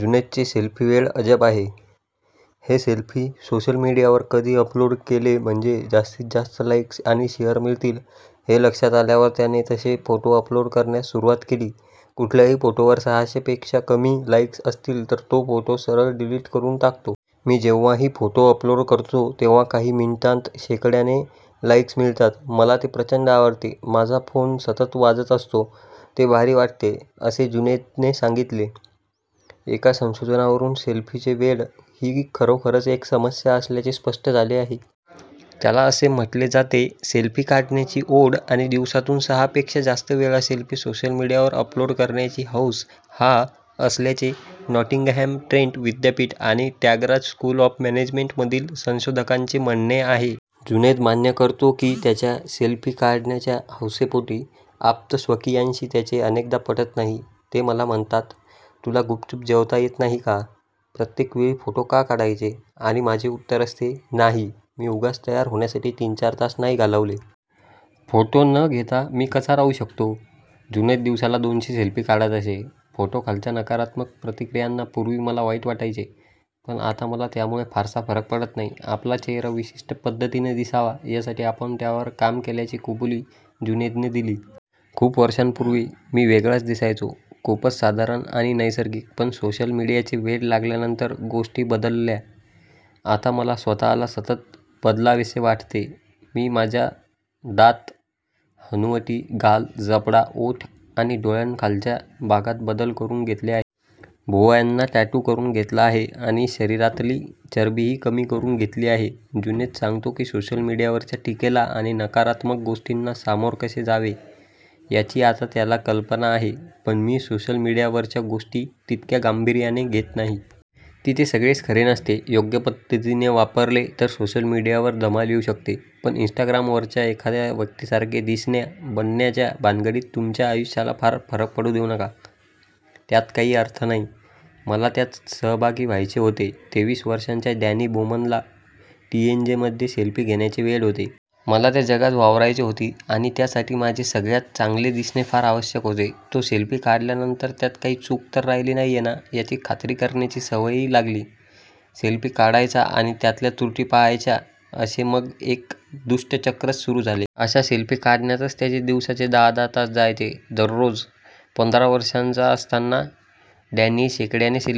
जुनैदचे सेल्फीवेड अजब आहे. हे सेल्फी सोशल मीडियावर कधी अपलोड केले म्हणजे जास्तीतजास्त लाइक्स आणि शेअर मिळतील, हे लक्षात आल्यावर त्याने तसे फोटो अपलोड करण्यास सुरुवात केली. कुठल्याही फोटोवर सहाशेपेक्षा कमी लाइक्स असतील तर तो फोटो सरळ डिलीट करून टाकतो. "मी जेव्हाही फोटो अपलोड करतो तेव्हा काही मिनिटांत शेकड्याने लाइक्स मिळतात. मला ते प्रचंड आवडते. माझा फोन सतत वाजत असतो. ते भारी वाटते," असे जुनैदने सांगितले. एका संशोधनानुसार सेल्फीचे वेड ही खरोखरच एक समस्या असल्याचे स्पष्ट झाले आहे. त्याला असे म्हटले जाते. सेल्फी काढण्याची ओढ आणि दिवसातून सहापेक्षा जास्त वेळा हे सेल्फी सोशल मीडियावर अपलोड करण्याची हौस हा '' असल्याचे नॉटिंगहॅम ट्रेंट विद्यापीठ आणि त्यागराज स्कूल ऑफ मॅनेजमेंटमधील संशोधकांचे म्हणणे आहे. जुनैद मान्य करतो की त्याच्या सेल्फी काढण्याच्या हौसेपोटी आप्तस्वकीयांशी त्याचे अनेकदा पटत नाही. "ते मला म्हणतात, 'तुला गुपचुप जेवता येत नाही का? प्रत्येक वेळी फोटो का काढायचे?'" "आणि माझे उत्तर असते 'नाही. मी उगाच तयार होण्यासाठी तीन-चार तास नाही घालवले.' फोटो न घेता मी कसा राहू शकतो?" जुनैद दिवसाला दोनशे सेल्फी काढत असे. फोटोखालच्या नकारात्मक प्रतिक्रियांनी पूर्वी मला वाईट वाटायचे. पण आता मला त्यामुळे फारसा फरक पडत नाही. आपला चेहरा विशिष्ट पद्धतीने दिसावा, यासाठी आपण त्यावर काम केल्याची कबुली जुनैदने दिली. "खूप वर्षांपूर्वी मी वेगळाच दिसायचो, खूपच साधारण आणि नैसर्गिक. पण सोशल मीडियाचे वेड लागल्यानंतर गोष्टी बदलल्या. आता मला स्वतःला सतत बदलावेसे वाटते." "मी माझ्या दात, हनुवटी, गाल, जबडा, ओठ आणि डोळ्यांखालच्या भागात बदल करून घेतले आहेत. भुवयांना टॅटू करून घेतला आहे आणि शरीरातली चरबीही कमी करून घेतली आहे." जुनैद सांगतो की सोशल मीडियावरच्या टीकेला आणि नकारात्मक गोष्टींना सामोर कसे जावे, याची आता त्याला कल्पना आहे. "पण मी सोशल मीडियावरच्या गोष्टी तितक्या गांभीर्याने घेत नाही. तिथे सगळेच खरे नसते." "योग्य पद्धतीने वापरले तर सोशल मीडियावर धमाल येऊ शकते. पण इन्स्टाग्रामवरच्या एखाद्या व्यक्तीसारखे दिसण्या-बनण्याच्या भानगडीत तुमच्या आयुष्याला फार फरक पडू देऊ नका. त्यात काहीही अर्थ नाही." मला त्यात सहभागी व्हायचे होते - तेवीस वर्षांच्या डॅनी बोमनला टीनएजमध्ये सेल्फी घेण्याचे वेड होते. "मला त्या जगात वावरायचे होते. आणि त्यासाठी माझे सगळ्यांत चांगले दिसणे फार आवश्यक होते." तो सेल्फी काढल्यानंतर त्यात काही चूक तर राहिली नाहीये ना, याची खात्री करण्याची सवयही लागली. सेल्फी काढायचा आणि त्यातल्या त्रुटी पाहायच्या, असे मग एक दुष्टचक्रच सुरू झाले. अशा सेल्फी काढण्यातच त्याचे दिवसाचे दहा-दहा तास जायचे, दररोज! पंधरा वर्षांचा असताना डॅनी शेकड्याने सेल्फी